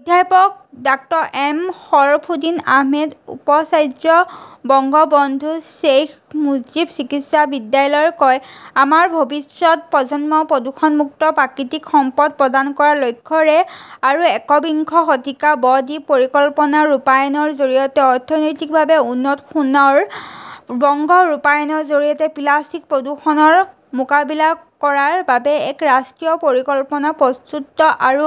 অধ্যাপক ডাঃ এম শৰফুদ্দিন আহমেদ উপাচাৰ্য, বঙ্গবন্ধু শ্বেইখ মুজীব চিকিৎসা বিশ্ববিদ্যালয় কয় - "আমাৰ ভৱিষ্যত প্ৰজন্মক প্ৰদূষণমুক্ত প্ৰাকৃতিক সম্পদ প্ৰদান কৰাৰ লক্ষ্যৰে আৰু একবিংশ শতিকাত ব-দ্বীপ পৰিকল্পনা ৰূপায়ণৰ জৰিয়তে অৰ্থনৈতিকভাৱে উন্নত সোনাৰ বংগ ৰূপায়ণৰ জৰিয়তে প্লাষ্টিক প্ৰদূষণৰ মোকাবিলা কৰাৰ বাবে এক ৰাষ্ট্ৰীয় পৰিকল্পনা প্ৰস্তুত আৰু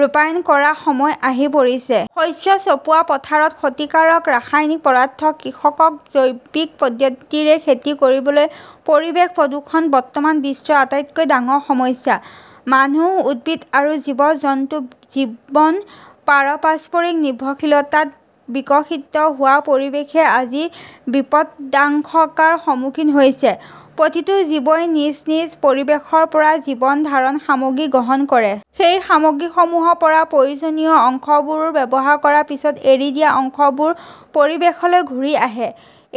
ৰূপায়ণ কৰাৰ সময় আহি পৰিছে"। শস্য চপোৱা পথাৰত ক্ষতিকাৰক ৰাসায়নিক পদাৰ্থ, কৃষকক জৈৱিক পদ্ধতিৰে খেতি কৰিবলৈ পৰিৱেশ প্ৰদূষণ বৰ্তমান বিশ্বৰ আটাইতকৈ ডাঙৰ সমস্যা। মানুহ, উদ্ভিদ আৰু জীৱ-জন্তুৰ জীৱন পাৰস্পৰিক নিৰ্ভৰশীলতাত বিকশিত হোৱা পৰিৱেশই আজি বিপদাশংকাৰ সন্মুখীন হৈছে। প্ৰতিটো জীৱই নিজ নিজ পৰিৱেশৰ পৰা জীৱন ধাৰণৰ সামগ্ৰী গ্ৰহণ কৰে। সেই সামগ্ৰীসমূহৰ পৰা প্ৰয়োজনীয় অংশবোৰ ব্যৱহাৰ কৰাৰ পিছত এৰি দিয়া অংশবোৰ পৰিৱেশলৈ ঘূৰি আহে।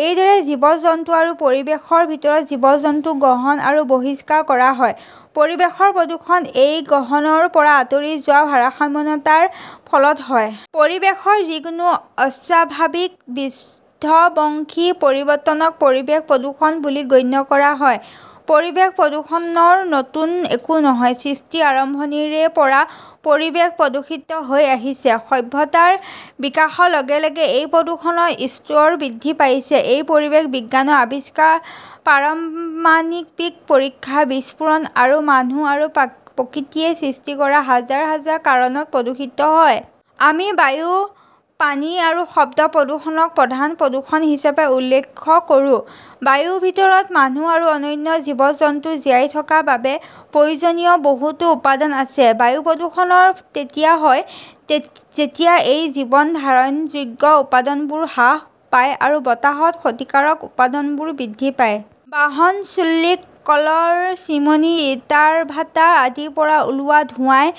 এইদৰে জীৱ-জন্তু আৰু পৰিৱেশৰ ভিতৰত জীৱ-জন্তু গ্ৰহণ আৰু বহিষ্কাৰ কৰা হয়। পৰিৱেশৰ প্ৰদূষণ এই গ্ৰহণৰ পৰা আঁতৰি যোৱাৰ ভাৰসাম্যহীনতাৰ ফলত হয়। পৰিৱেশৰ যিকোনো অস্বাভাৱিক বিধ্বংসী পৰিৱৰ্তনক পৰিৱেশ প্ৰদূষণ বুলি গণ্য কৰা হয়। পৰিৱেশ প্ৰদূষণ নতুন একো নহয়, সৃষ্টিৰ আৰম্ভণিৰে পৰাই পৰিৱেশ প্ৰদূষিত হৈ আহিছে। সভ্যতাৰ বিকাশৰ লগে লগে এই প্ৰদূষণৰ স্তৰ বৃদ্ধি পাইছে। এই পৰিৱেশ বিজ্ঞানৰ আৱিষ্কাৰ, পাৰমাণৱিক পৰীক্ষা, বিস্ফোৰণ আৰু মানুহ আৰু প্ৰকৃতিয়ে সৃষ্টি কৰা হাজাৰ হাজাৰ কাৰণত প্ৰদূষিত হয়। আমি বায়ু, পানী আৰু শব্দ প্ৰদূষণক প্ৰধান প্ৰদূষণ হিচাপে উল্লেখ কৰোঁ। বায়ুৰ ভিতৰত মানুহ আৰু অন্যান্য জীৱ-জন্তুৰ জীয়াই থকাৰ বাবে প্ৰয়োজনীয় বহুতো উপাদান আছে। বায়ু প্ৰদূষণ তেতিয়া হয় যেতিয়া এই জীৱন ধাৰণযোগ্য উপাদানবোৰ হ্ৰাস পায় আৰু বতাহত ক্ষতিকাৰক উপাদানবোৰ বৃদ্ধি পায়। বাহন, চুল্লী, কলৰ চিমনী, ইটাৰভাটা আদিৰ পৰা ওলোৱা ধোঁৱাই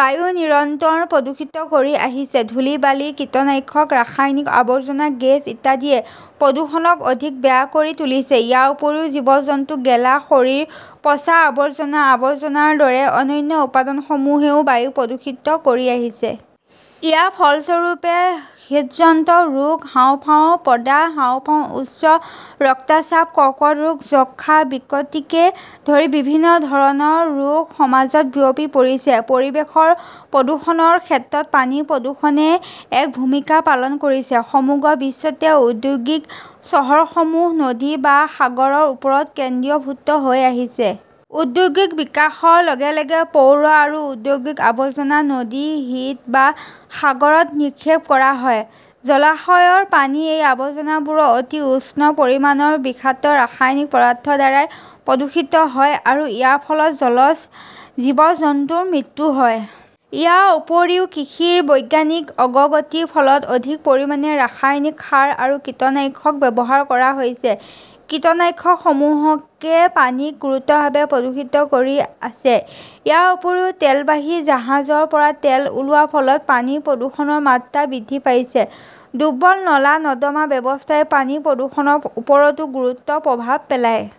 বায়ু নিৰন্তৰ প্ৰদূষিত কৰি আহিছে। ধূলি, বালি, কীটনাশক, ৰাসায়নিক আৱৰ্জনা, গেছ ইত্যাদিয়ে প্ৰদূষণক অধিক বেয়া কৰি তুলিছে। ইয়াৰ উপৰিও জীৱ-জন্তুৰ গেলা শৰীৰ, পচা আৱৰ্জনা, আৱৰ্জনাৰ দৰে অন্যান্য উপাদানসমূহেও বায়ু প্ৰদূষিত কৰি আছে। ইয়াৰ ফলস্বৰূপে হৃদযন্ত্ৰৰ ৰোগ, হাঁওফাঁওৰ প্ৰদাহ, হাঁওফাঁও, উচ্চ ৰক্তচাপ, কৰ্কট ৰোগ, যক্ষ্মা, বিকৃতিকে ধৰি বিভিন্ন ধৰণৰ ৰোগ সমাজত বিয়পি পৰিছে। পৰিৱেশৰ প্ৰদূষণৰ ক্ষেত্ৰত পানীৰ প্ৰদূষণে এক ভূমিকা পালন কৰিছে। সমগ্ৰ বিশ্বতে ঔদ্যোগিক চহৰসমূহ নদী বা সাগৰৰ ওপৰত কেন্দ্ৰীভূত হৈ আছে। ঔদ্যোগিক বিকাশৰ লগে লগে পৌৰ আৰু ঔদ্যোগিক আৱৰ্জনা নদী, হ্ৰদ বা সাগৰত নিক্ষেপ কৰা হয়। জলাশয়ৰ পানী এই আৱৰ্জনাবোৰৰ অতি উচ্চ পৰিমাণৰ বিষাক্ত ৰাসায়নিক পদাৰ্থৰ দ্বাৰা প্ৰদূষিত হয় আৰু ইয়াৰ ফলত জলজ জীৱ-জন্তুৰ মৃত্যু হয়। ইয়াৰ উপৰিও কৃষিৰ বৈজ্ঞানিক অগ্ৰগতিৰ ফলত অধিক পৰিমাণে ৰাসায়নিক সাৰ আৰু কীটনাশক ব্যৱহাৰ কৰা হৈছে। কীটনাশকসমূহে পানীক গুৰুতৰভাৱে প্ৰদূষিত কৰি আছে। ইয়াৰ উপৰিও, তেলবাহী জাহাজৰ পৰা তেল ওলোৱাৰ ফলত পানীৰ প্ৰদূষণৰ মাত্ৰা বৃদ্ধি পাইছে। দুৰ্বল নলা-নৰ্দমা ব্যৱস্থাই পানীৰ প্ৰদূষণৰ ওপৰতো গুৰুতৰ প্ৰভাৱ পেলায়।